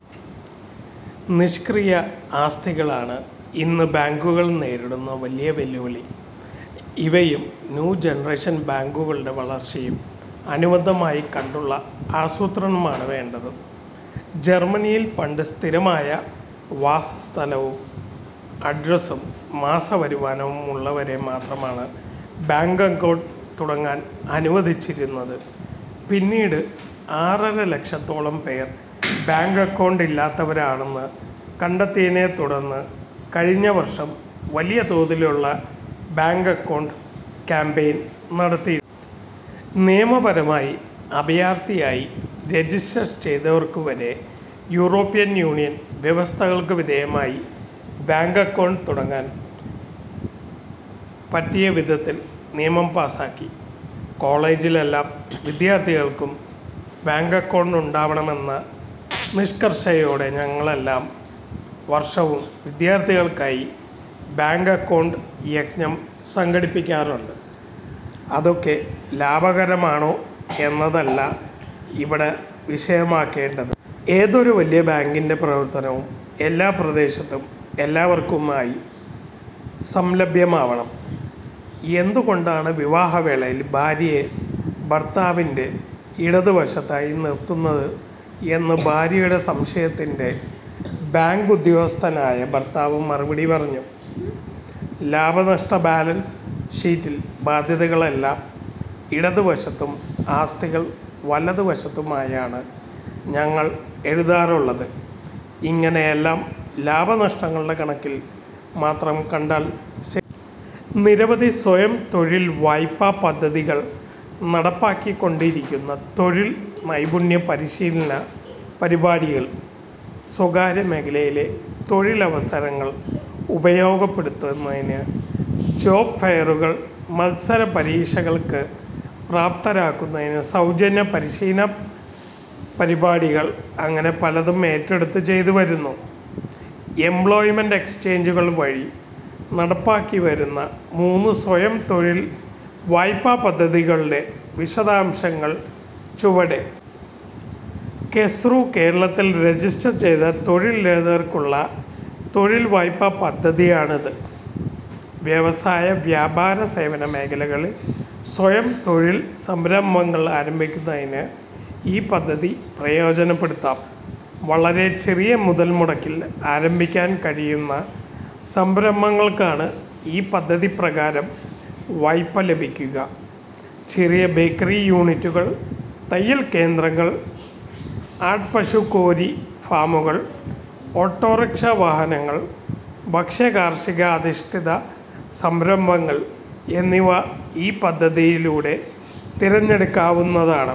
നിഷ്ക്രിയ ആസ്തികളാണ് ഇന്ന് ബാങ്കുകൾ നേരിടുന്ന വലിയ വെല്ലുവിളി. ഇവയും ന്യൂ ജനറേഷൻ ബാങ്കുളുടെ വളർച്ചയും അനുബന്ധമായി കണ്ടുള്ള ആസൂത്രണമാണ് വേണ്ടത്. ജർമനിയിൽ പണ്ട് സ്ഥിരമായ വാസസ്ഥലവും അഡ്രസും മാസവരുമാനവും ഉള്ളവരെ മാത്രമാണ് ബാങ്ക് അക്കൗണ്ട് തുടങ്ങാൻ അനുവദിച്ചിരുന്നത്. പിന്നീട് ആറര ലക്ഷത്തോളം പേർ ബാങ്ക് അക്കൗണ്ട് ഇല്ലാത്തവരാണെന്ന് കണ്ടെത്തിയതിനെ തുടർന്ന് കഴിഞ്ഞവർഷം വലിയ തോതിലുള്ള ബാങ്ക് അക്കൗണ്ട് കാമ്പയിൻ നടത്തിയിരുന്നു. നിയമപരമായി അഭയാർഥിയായി രജിസ്റ്റർ ചെയ്തവർക്കുവരെ യൂറോപ്യൻ യൂണിയൻ വ്യവസ്ഥകൾക്കു വിധേയമായി ബാങ്ക് അക്കൗണ്ട് തുടങ്ങാൻ പറ്റിയ വിധത്തിൽ നിയമം പാസ്സാക്കി. കോളേജിൽ എല്ലാ വിദ്യാർഥികൾക്കും ബാങ്ക് അക്കൗണ്ട് ഉണ്ടാവണമെന്ന നിഷ്കർഷയോടെ ഞങ്ങൾ എല്ലാ വർഷവും വിദ്യാർത്ഥികൾക്കായി ബാങ്ക് അക്കൗണ്ട് യജ്ഞം സംഘടിപ്പിക്കാറുണ്ട്. അതൊക്കെ ലാഭകരമാണോ എന്നതല്ല ഇവിടെ വിഷയമാക്കേണ്ടത്. ഏതൊരു വലിയ ബാങ്കിന്റെ പ്രവർത്തനവും എല്ലാ പ്രദേശത്തും എല്ലാവർക്കുമായി സംലഭ്യമാവണം. എന്തുകൊണ്ടാണ് വിവാഹവേളയിൽ ഭാര്യയെ ഭർത്താവിന്റെ ഇടതുവശത്തായി നിർത്തുന്നത് എന്ന ഭാര്യയുടെ സംശയത്തിന് ബാങ്ക് ഉദ്യോഗസ്ഥനായ ഭർത്താവ് മറുപടി പറഞ്ഞു:'ലാഭനഷ്ട ബാലൻസ് ഷീറ്റിൽ ബാധ്യതകളെല്ലാം ഇടതുവശത്തും ആസ്തികൾ വലതു വശത്തുമായാണ് ഞങ്ങൾ എഴുതാറുള്ളത്. ''ഇങ്ങനെ എല്ലാം ലാഭനഷ്ടങ്ങളുടെ കണക്കിൽ മാത്രം കണ്ടാൽ ശരിയാവുമോ. നിരവധി സ്വയംതൊഴിൽ വായ്പാ പദ്ധതികൾ നടപ്പാക്കിക്കൊണ്ടിരിക്കുന്നു. തൊഴിൽ നൈപുണ്യ പരിശീലന പരിപാടികൾ, സ്വകാര്യ മേഖലയിലെ തൊഴിൽ അവസരങ്ങൾ ഉപയോഗപ്പെടുത്തുന്നതിന് ജോബ് ഫെയറുകൾ, മത്സര പരീക്ഷകൾക്ക് പ്രാപ്തരാക്കുന്നതിന് സൗജന്യ പരിശീലന പരിപാടികൾ അങ്ങനെ പലതും ഏറ്റെടുത്തു ചെയ്തുവരുന്നു. എംപ്ലോയ്മെന്റ് എക്സ്ചേഞ്ചുകൾ വഴി നടപ്പാക്കിവരുന്ന മൂന്ന് സ്വയംതൊഴിൽ വായ്പാ പദ്ധതികളുടെ വിശദാംശങ്ങൾ ചുവടെ:. കെസ്റു കേരളത്തിലെ രജിസ്റ്റർ ചെയ്ത തൊഴിൽരഹിതർക്കുള്ള തൊഴിൽ വായ്പാ പദ്ധതിയാണിത്. വ്യവസായവ്യാപാരസേവന മേഖലകളിൽ സ്വയംതൊഴിൽ സംരംഭങ്ങൾ ആരംഭിക്കുന്നതിന് ഈ പദ്ധതി പ്രയോജനപ്പെടുത്താം. വളരെ ചെറിയ മുതൽമുടക്കിൽ ആരംഭിക്കാൻ കഴിയുന്ന സംരംഭങ്ങൾക്കാണ് ഈ പദ്ധതി പ്രകാരം വായ്പ ലഭിക്കുക. ചെറിയ ബേക്കറി യൂണിറ്റുകൾ, തയ്യൽ കേന്ദ്രങ്ങൾ, ആട്പശുകോഴി ഫാമുകൾ, ഓട്ടോറിക്ഷാ വാഹനങ്ങൾ, ഭക്ഷ്യകാർഷികാധിഷ്ഠിത സംരംഭങ്ങൾ എന്നിവ ഈ പദ്ധതിയിലൂടെ തിരഞ്ഞെടുക്കാവുന്നതാണ്.